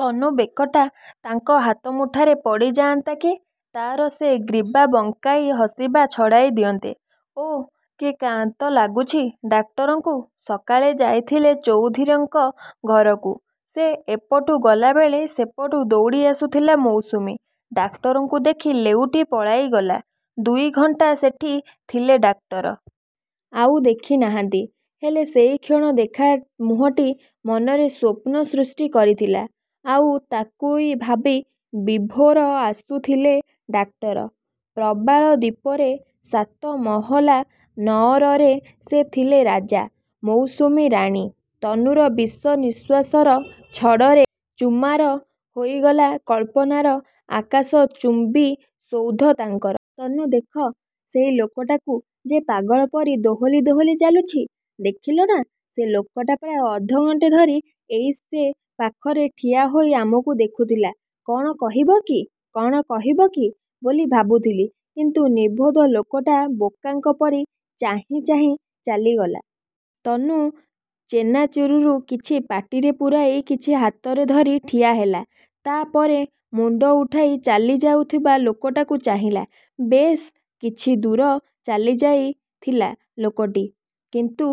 ତନୁ ବେକଟା ତାଙ୍କ ହାତମୁଠାରେ ପଡ଼ିଯାଆନ୍ତା କି ତା'ର ସେ ଗ୍ରୀବା ବଙ୍କାଇ ହସିବା ଛଡ଼ାଇ ଦିଅନ୍ତେ। ଓଃ, କି କ୍ଳାନ୍ତ ଲାଗୁଛି ଡାକ୍ତରଙ୍କୁ। ସକାଳେ ଯାଇଥିଲେ ଚୌଧୁରୀଙ୍କ ଘରକୁ। ସେ ଏପଟୁ ଗଲାବେଳେ ସେପଟୁ ଦଉଡ଼ିଆସୁଥିଲା ମୌସୁମୀ। ଡାକ୍ତରଙ୍କୁ ଦେଖି ଲେଉଟି ପଳାଇଗଲା। ଦୁଇଘଣ୍ଟା ସେଠି ଥିଲେ ଡାକ୍ତର। ଆଉ ଦେଖିନାହାନ୍ତି। ହେଲେ ସେହି କ୍ଷଣଦେଖା ମୁହଁଟି ମନରେ ସ୍ୱପ୍ନ ସୃଷ୍ଟି କରିଥିଲା। ଆଉ ତାକୁଇ ଭାବି ବିଭୋର ହୋଇଆସୁଥିଲେ ଡାକ୍ତର। ପ୍ରବାଳ ଦ୍ୱୀପର ସାତମହଲା ନଅରରେ ସେ ଥିଲେ ରାଜା, ମୌସୁମୀ ରାଣୀ। ତନୁର ବିଷ ନିଃଶ୍ୱାସର ଝଡ଼ରେ ଚୁର୍ମାର ହୋଇଗଲା କଳ୍ପନାର ଆକାଶଚୁମ୍ୱୀ ସୌଧ ତାଙ୍କର। –ତନୁ ଦେଖ, ସେହି ଲୋକଟାକୁ ଯେ ପାଗଳ ପରି ଦୋହଲି ଦୋହଲି ଚାଲୁଛି। ଦେଖିଲ ନା। ସେ ଲୋକଟା ପ୍ରାୟ ଅଧଘଣ୍ଟେ ଧରି ଏଇ ସେ ପାଖରେ ଠିଆ ହୋଇ ଆମକୁ ଦେଖିଲା। କ'ଣ କହିବକି କ'ଣ କରିବକି ବୋଲି ଭାବୁଥିଲି। କିନ୍ତୁ ନିର୍ବୋଧ ଲୋକଟା, ବୋକାଙ୍କ ପରି ଚାହିଁଚାହିଁ ଚାଲିଗଲା। ତନୁ ଚେନାଚୁରରୁ କିଛି ପାଟିରେ ପୂରାଇ କିଛି ହାତରେ ଧରି ଠିଆହେଲା। ତା' ପରେ ମୁଣ୍ଡ ଉଠାଇ ଚାଲିଯାଉଥିବା ଲୋକଟିକୁ ଚାହିଁଲା। ବେଶ୍ କିଛି ଦୂର ଚାଲିଯାଇଥିଲା ଲୋକଟି। କିନ୍ତୁ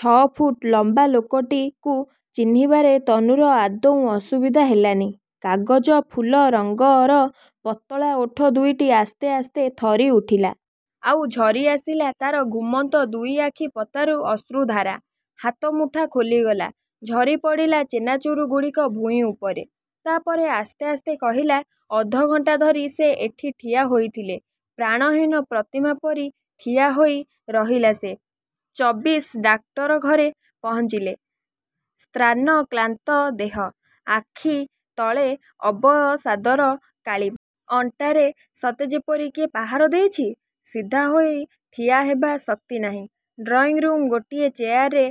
ଛଅଫୁଟ ଲମ୍ୱା ଲୋକଟିକୁ ଚିହ୍ନିବାରେ ତନୁର ଆଦୌ ଅସୁବିଧା ହେଲାନି। କାଗଜ ଫୁଲ ରଙ୍ଗର ପତଳା ଓଠ ଦୁଇଟି ଆସ୍ତେ ଆସ୍ତେ ଥରିଉଠିଲା। ଆଉ, ଝରିଆସିଲା ତା'ର ଘୁମନ୍ତ ଦୁଇଆଖି ପତାରୁ ଅଶ୍ରୁଧାରା। ହାତମୁଠା ଖୋଲିଗଲା। ଝରିପଡ଼ିଲା ଚେନାଚୁରଗୁଡ଼ିକ ଭୂଇଁ ଉପରେ। ତାପରେ ଆସ୍ତେ ଆସ୍ତେ କହିଲା–ଅଧଘଣ୍ଟା ଧରି ସେ ଏଠି ଠିଆ ହୋଇଥିଲେ? ପ୍ରାଣହୀନ ପ୍ରତିମା ପରି ଠିଆହୋଇ ରହିଲା ସେ। ଚବିଶ ଡାକ୍ତର ଘରେ ପହଞ୍ଚିଲେ। ଶ୍ରାନ୍ତ କ୍ଳାନ୍ତ ଦେହ, ଆଖିତଳେ ଅବସାଦର କାଳିମା। ଅଣ୍ଟାରେ ସତେଯେପରି କିଏ ପାହାରେ ଦେଇଛି। ସିଧା ହୋଇ ଠିଆହେବା ଶକ୍ତି ନାହିଁ। ଡ୍ରଇଂରୁମ୍ର ଗୋଟିଏ ଚେୟାରରେ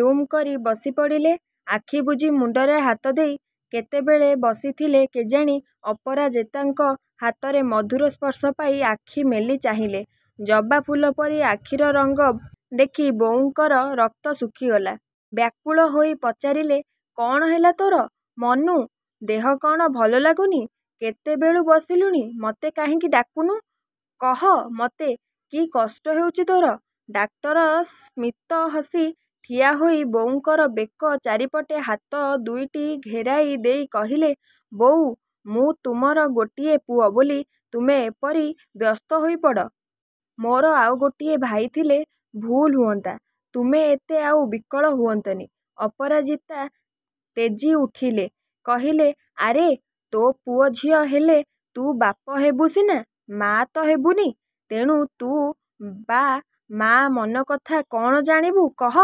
ଦୁମ୍ କରି ବସିପଡ଼ିଲେ ଆଖିବୁଜି ମୁଣ୍ଡରେ ହାତଦେଇ। କେତେବେଳେ ବସିଥିଲେ କେଜାଣି ଅପରାଜିତାଙ୍କ ହାତର ମଧୁର ସ୍ପର୍ଶ ପାଇ ଆଖି ମେଲି ଚାହିଁଲେ। ଜବା ଫୁଲ ପରି ଆଖିର ରଙ୍ଗ ଦେଖି ବୋଉଙ୍କର ରକ୍ତ ଶୁଖିଗଲା। ବ୍ୟାକୁଳ ହୋଇ ପଚାରିଲେ–କ'ଣ ହେଲା ତୋର ମନୁ? ଦେହ କ'ଣ ଭଲଲାଗୁନି? କେତେବେଳୁ ବସିଲୁଣି? ମତେ କାହିଁକି ଡାକିନୁ? କହ ମତେ, କି କଷ୍ଟ ହେଉଛି ତୋର? ଡାକ୍ତର ସ୍ମିତ ହସି ଠିଆହୋଇ ବୋଉଙ୍କର ବେକ ଚାରିପଟେ ହାତ ଦୁଇଟି ଘେରାଇ ଦେଇ କହିଲେ–ବୋଉ, ମୁଁ ତୁମର ଗୋଟିଏ ପୁଅ ବୋଲି ତୁମେ ଏପରି ବ୍ୟସ୍ତ ହୋଇପଡ଼। ମୋର ଆଉ ଗୋଟିଏ ଭାଇ ଥିଲେ ଭଲହୁଅନ୍ତା। ତୁମେ ଏତେ ଆଉ ବିକଳ ହୁଅନ୍ତନି। ଅପରାଜିତା ତେଜିଉଠିଲେ। କହିଲେ–ଆରେ ତୋ ପୁଅ ଝିଅ ହେଲେ ତୁ ବାପ ହେବୁ ସିନା, ମାଆ ତ ହେବୁନି। ତେଣୁ ତୁ ବା ମା' ମନକଥା କ'ଣ ଜାଣିବୁ କହ?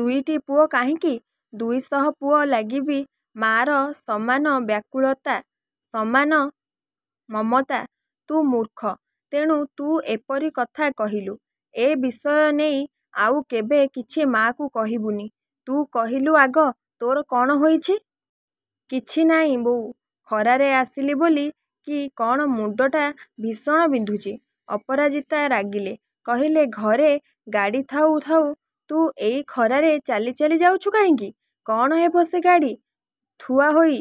ଦୁଇଟି ପୁଅ କାହିଁକି, ଦୁଇଶହ ପୁଅ ଲାଗି ବି ମାଆର ସମାନ ବ୍ୟାକୁଳତା, ସମାନ ମମତା। ତୁ ମୂର୍ଖ,। ତେଣୁ ତୁ ଏପରି କଥା କହିଲୁ। ଏ ବିଷୟ ନେଇ ଆଉ କେବେ କିଛି ମାଆକୁ କହିବୁନି। ତୁ କହିଲୁ ଆଗ ତୋର କ'ଣ ହୋଇଛି? –କିଛି ନାଇଁ ବୋଉ। ଖରାରେ ଆସିଲି ବୋଲି କି କ'ଣ ମୁଣ୍ଡଟା ଭୀଷଣ ବିନ୍ଧୁଛି। ଅପରାଜିତା ରାଗିଲେ। କହିଲେ–ଘରେ ଗାଡ଼ି ଥାଉ ଥାଉ ତୁ ଏଇ ଖରାରେ ଚାଲି ଚାଲି ଯାଉ କାହିଁକି? କ'ଣ ହେବ ସେ ଗାଡ଼ି ଥୁଆହୋଇ?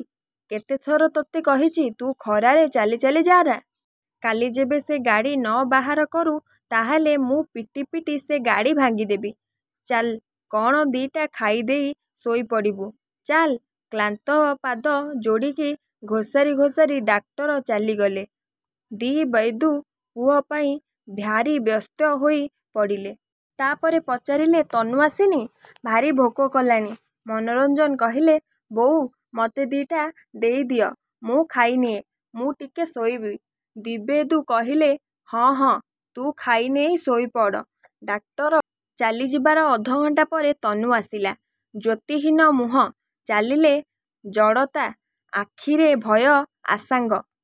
କେତେଥର ତୋତେ କହିଛି ତୁ ଖରାରେ ଚାଲି ଚାଲି ଯାଆନା। କାଲି ଯେବେ ସେ ଗାଡ଼ି ନ ବାହାର କରୁ ତାହାହେଲେ ମୁଁ ପିଟି ପିଟି ସେ ଗାଡ଼ି ଭାଙ୍ଗିଦେବି। ଚାଲ୍ କ'ଣ ଦିଇଟା ଖାଇଦେଇ ଶୋଇପଡ଼ିବୁ। –ଚାଲ। କ୍ଳାନ୍ତ ପାଦ ଯୋଡ଼ିକ ଘୋସାରି ଘୋସାରି ଡାକ୍ତର ଚାଲିଗଲେ। ଦିବ୍ୟେନ୍ଦୁ ପୁଅ ପାଇଁ ଭାରି ବ୍ୟସ୍ତ ହୋଇପଡ଼ିଲେ। ତାପରେ ପଚାରିଲେ ତନୁ... ଆସିନି? ଭାରି ଭୋକ କଲାଣି। ମନୋରଞ୍ଜନ କହିଲେ–ବୋଉ ମୋତେ ଦିଇଟା ଦେଇଦିଅ। ମୁଁ ଖାଇନିଏ। ମୁଁ ଟିକେ ଶୋଇବି। ଦିବ୍ୟେନ୍ଦୁ କହିଲେ–ହଁ ହଁ, ତୁ ଖାଇନେଇ ଶୋଇପଡ଼। ଡାକ୍ତର ଚାଲିଯିବାର ଅଧଘଣ୍ଟା ପରେ ତନୁ ଆସିଲା। ଜ୍ୟୋତିହୀନ ମୁହଁ, ଚାଲିରେ ଜଡ଼ତା, ଆଖିରେ ଭୟ, ଆଶଙ୍କା।